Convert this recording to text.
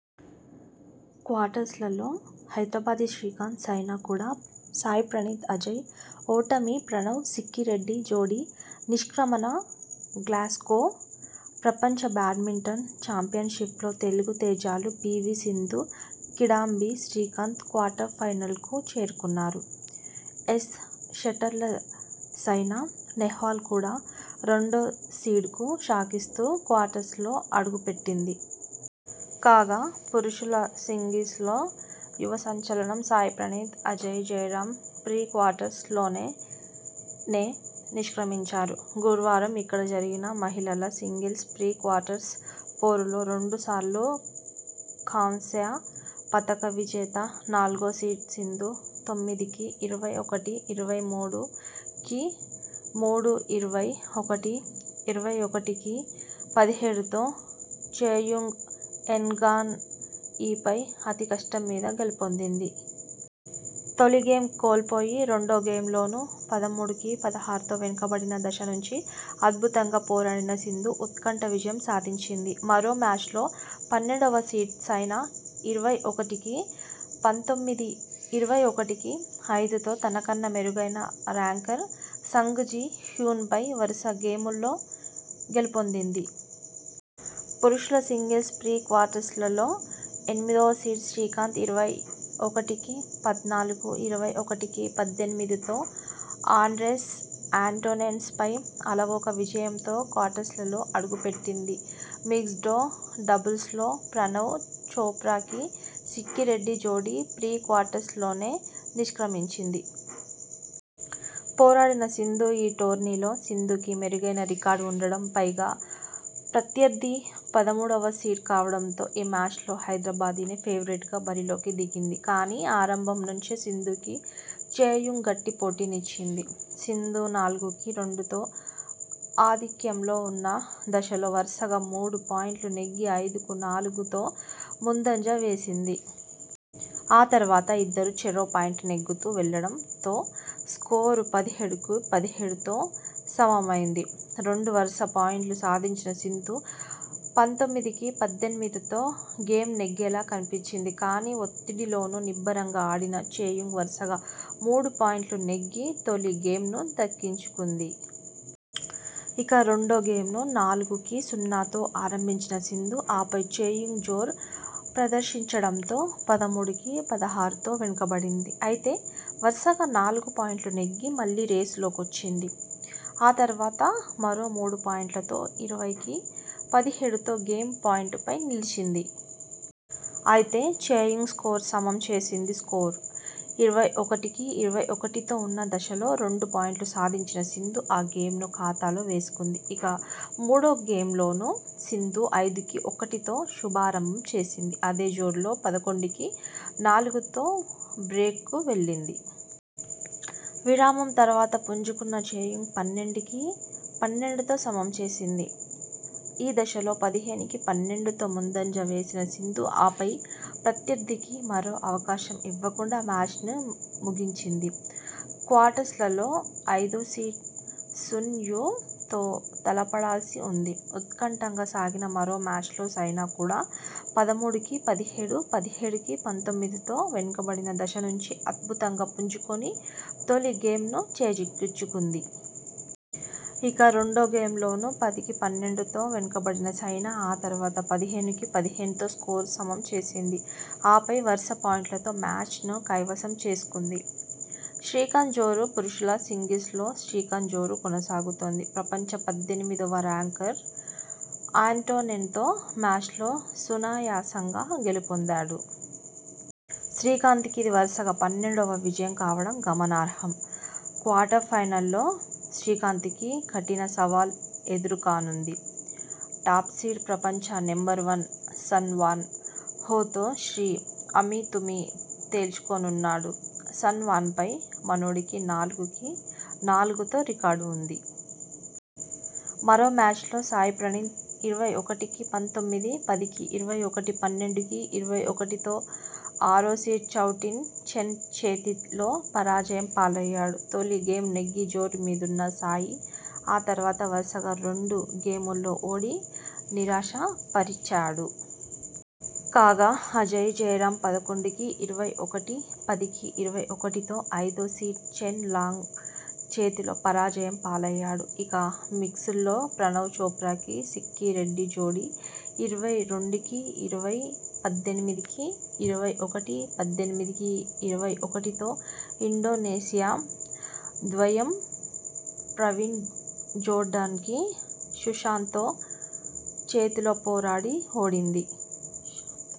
క్వార్టర్స్లో హైదరాబాదీ శ్రీకాంత్, సైనా కూడా సాయి ప్రణీత్, అజయ్ ఓటమి ప్రణవ్ సిక్కిరెడ్డి జోడీ నిష్క్రమణ గ్లాస్గో ప్రపంచ బ్యాడ్మింటన్ చాంపియన్షిప్ లో తెలుగు తేజాలు P V Sindhu, Kidambi Srikanth quarter final కు చేరుకున్నారు. ఏస్ షట్లర్ సైనా నెహ్వాల్ కూడా రెండో సీడ్ కు షాకిస్తూ క్వార్టర్స్లో అడుగు పెట్టింది. కాగా.. పురుషుల సింగిల్స్లో యువ సంచలనం సాయి ప్రణీత్, అజయ్ జయరామ్ ప్రీ క్వార్టర్స్ లోనే నే నిష్క్రమించారు. గురువారం ఇక్కడ జరిగిన మహిళల సింగిల్స్ ప్రీ క్వార్టర్స్ పోరులో రెండుసార్లు కాంస్య పతక విజేత, నాలుగో సీడ్ సింధు పంతొమ్మిది కి ఇరవై ఒకటి, ఇరవై మూడు కి మూడు ఇరవై ఒకటి, ఇరవై ఒకటి కి పదిహేడుతో చెయుంగ్ ఎన్గాన్ యి పై అతి కష్టం మీద గెలుపొందింది. తొలి గేమ్ కోల్పోయి రెండో గేమ్లో నూ పదమూడు కి పదహారుతో వెనకబడిన దశ నుంచి అద్భుతంగా పోరాడిన సింధు ఉత్కంఠ విజయం సాధించింది. మరో మ్యాచ్లో పన్నెండువ సీడ్ సైనా ఇరవై ఒకటి కి పంతొమ్మిది, ఇరవై ఒకటి కి ఐదుతో తనకన్నా మెరుగైౖన ర్యాంకర్ సంగ్ జి హ్యున్ పై వరుస గేముల్లో గెలుపొందింది. పురుషుల సింగిల్స్ ప్రీ క్వార్టర్స్లో ఎనిమిదో సీడ్ శ్రీకాంత్ ఇరవై ఒకటి కి పద్నాలుగు, ఇరవై ఒకటి కి పద్దెనిమిదితో ఆండ్రెస్ ఆంటోన్సెన్ పై అలవోక విజయంతో క్వార్టర్స్లో అడుగుపెట్టాడు. మిక్స్డ్ డబుల్స్లో ప్రణవ్ చోప్రా కి సిక్కిరెడ్డి జోడీ ప్రీ క్వార్టర్స్ లోనే నిష్క్రమించింది. పోరాడిన సింధు.. ఈ టోర్నీలో సింధుకి మెరుగైన రికార్డు ఉండడం, పైగా ప్రత్యర్థి పదమూడువ సీడ్ కావడంతో ఈ మ్యాచ్లో హైదరాబాదీనే ఫేవరెట్గా బరిలోకి దిగింది. కానీ.. ఆరంభం నుంచే సింధుకి చెయుంగ్ గట్టి పోటీనిచ్చింది. సింధు నాలుగు కి రెండుతో ఆధిక్యంలో ఉన్న దశలో వరుసగా మూడు పాయింట్లు నెగ్గి ఐదు కి నాలుగుతో ముందంజ వేసింది. ఆ తర్వాత ఇద్దరూ చెరో పాయింట్ నెగ్గుతూ వెళ్లడం తో స్కోరు పదిహేడు కి పదిహేడుతో సమమైంది. రెండు వరుస పాయింట్లు సాధించిన సింధు పంతొమ్మిది కి పద్దెనిమిదితో గేమ్ నెగ్గేలా కనిపించింది. కానీ.. ఒత్తిడిలోనూ నిబ్బరంగా ఆడిన చెయుంగ్ వరుసగా మూడు పాయింట్లు నెగ్గి తొలి గేమ్ను దక్కించుకుంది. ఇక రెండోగేమ్ను నాలుగు కి సున్నాతో ఆరంభించిన సింధు.. ఆపై చెయుంగ్ జోరు ప్రదర్శించడంతో పదమూడు కి పదహారుతో వెనకబడింది. అయితే వరుసగా నాలుగు పాయింట్లు నెగ్గి మళ్లీ రేసులోకొచ్చింది. ఆ తర్వాత మరో మూడు పాయింట్లతో ఇరవై కి పదిహేడుతో గేమ్ పాయింట్ పై నిలిచింది. అయితే చెయుంగ్ స్కోరు సమం చేసింది. స్కోరు ఇరవై ఒకటి కి ఇరవై ఒకటితో ఉన్న దశలో రెండు పాయింట్లు సాధించిన సింధు ఆ గేమ్ను ఖాతాలో వేసుకుంది. ఇక మూడో గేమ్లోనూ సింధు ఐదు కి ఒకటితో శుభారంభం చేసింది. అదే జోరులో పదకొండు కి నాలుగుతో బ్రేక్ కు వెళ్లింది. విరామం తర్వాత పుంజుకున్న చెయుంగ్ పన్నెండు కి పన్నెండుతో సమం చేసింది. ఈ దశలో పదిహేను కి పన్నెండుతో ముందంజ వేసిన సింధు ఆపై ప్రత్యర్థికి మరో అవకాశం ఇవ్వకుండా మ్యాచ్ను ముగించింది. క్వార్టర్స్లో ఐదోసీడ్ సున్ యు తో తలపడాల్సి ఉంది. ఉత్కంఠగా సాగిన మరో మ్యాచ్లో సైనా కూడా పదమూడు- కి పదిహేడు, పదిహేడు కి పంతొమ్మిదితో వెనకబడిన దశ నుంచి అద్భుతంగా పుంజుకొని తొలిగేమ్ ను చేజిక్కించుకుంది. ఇక రెండో గేమ్లోనూ పది కి పన్నెండుతో వెనకబడిన సైనా ఆ తర్వాత పదిహేను కి పదిహేనుతో స్కోరు సమం చేసింది. ఆపై వరుస పాయింట్లతో మ్యాచ్ ను కైవసం చేసుకుంది. శ్రీకాంత్ జోరు.. పురుషుల సింగిల్స్లో శ్రీకాంత్ జోరు కొనసాగుతోంది. ప్రపంచ పద్దెనిమిదివ ర్యాంకర్ ఆంటోన్సెన్తో మ్యాచ్లో సునాయాసం గా గెలుపొందాడు. శ్రీకాంత్ కి ఇది వరుసగా పన్నెండువ విజయం కావడం గమనార్హం. క్వార్టర్ ఫైనల్లో శ్రీకాంత్ కి కఠిన సవాల్ ఎదురుకానుంది. టాప్సీడ్, ప్రపంచ నెంబర్వన్ సన్ వాన్ హో తో శ్రీ.. అమీతుమీ తేల్చుకోనున్నాడు. సన్ వాన్పై మనోడికి నాలుగు కి నాలుగుతో రికార్డు ఉంది. మరో మ్యాచ్లో సాయి ప్రణీత్ ఇరవై ఒకటి కి పంతొమ్మిది, పది కి ఇరవై ఒకటి, పన్నెండు కి ఇరవై ఒకటితో ఆరోసీడ్ చౌ టిన్ చెన్ చేతిలో పరాజయం పాలయ్యాడు. తొలి గేమ్ నెగ్గి జోరుమీదున్న సాయి ఆ తర్వాత వరుసగా రెండు గేముల్లో ఓడి నిరాశపరి చాడు. కాగా.. అజయ్ జయరాం పదకొండు కి ఇరవై ఒకటి, పది కి ఇరవై ఒకటితో ఐదోసీడ్ చెన్ లాంగ్ చేతిలో పరాజయం పాలయ్యాడు. ఇక మిక్సిడ్ లో ప్రణవ్ చోప్రా కి సిక్కి రెడ్డి జోడీ ఇరవై రెండు కి ఇరవై, పద్దెనిమిది కి ఇరవై ఒకటి, పద్దెనిమిది కి ఇరవై ఒకటితో ఇండోనేసియా ద్వయం ప్రవీణ్ జోర్డాన్ కి సుశాంతో చేతిలో పోరాడి ఓడింది.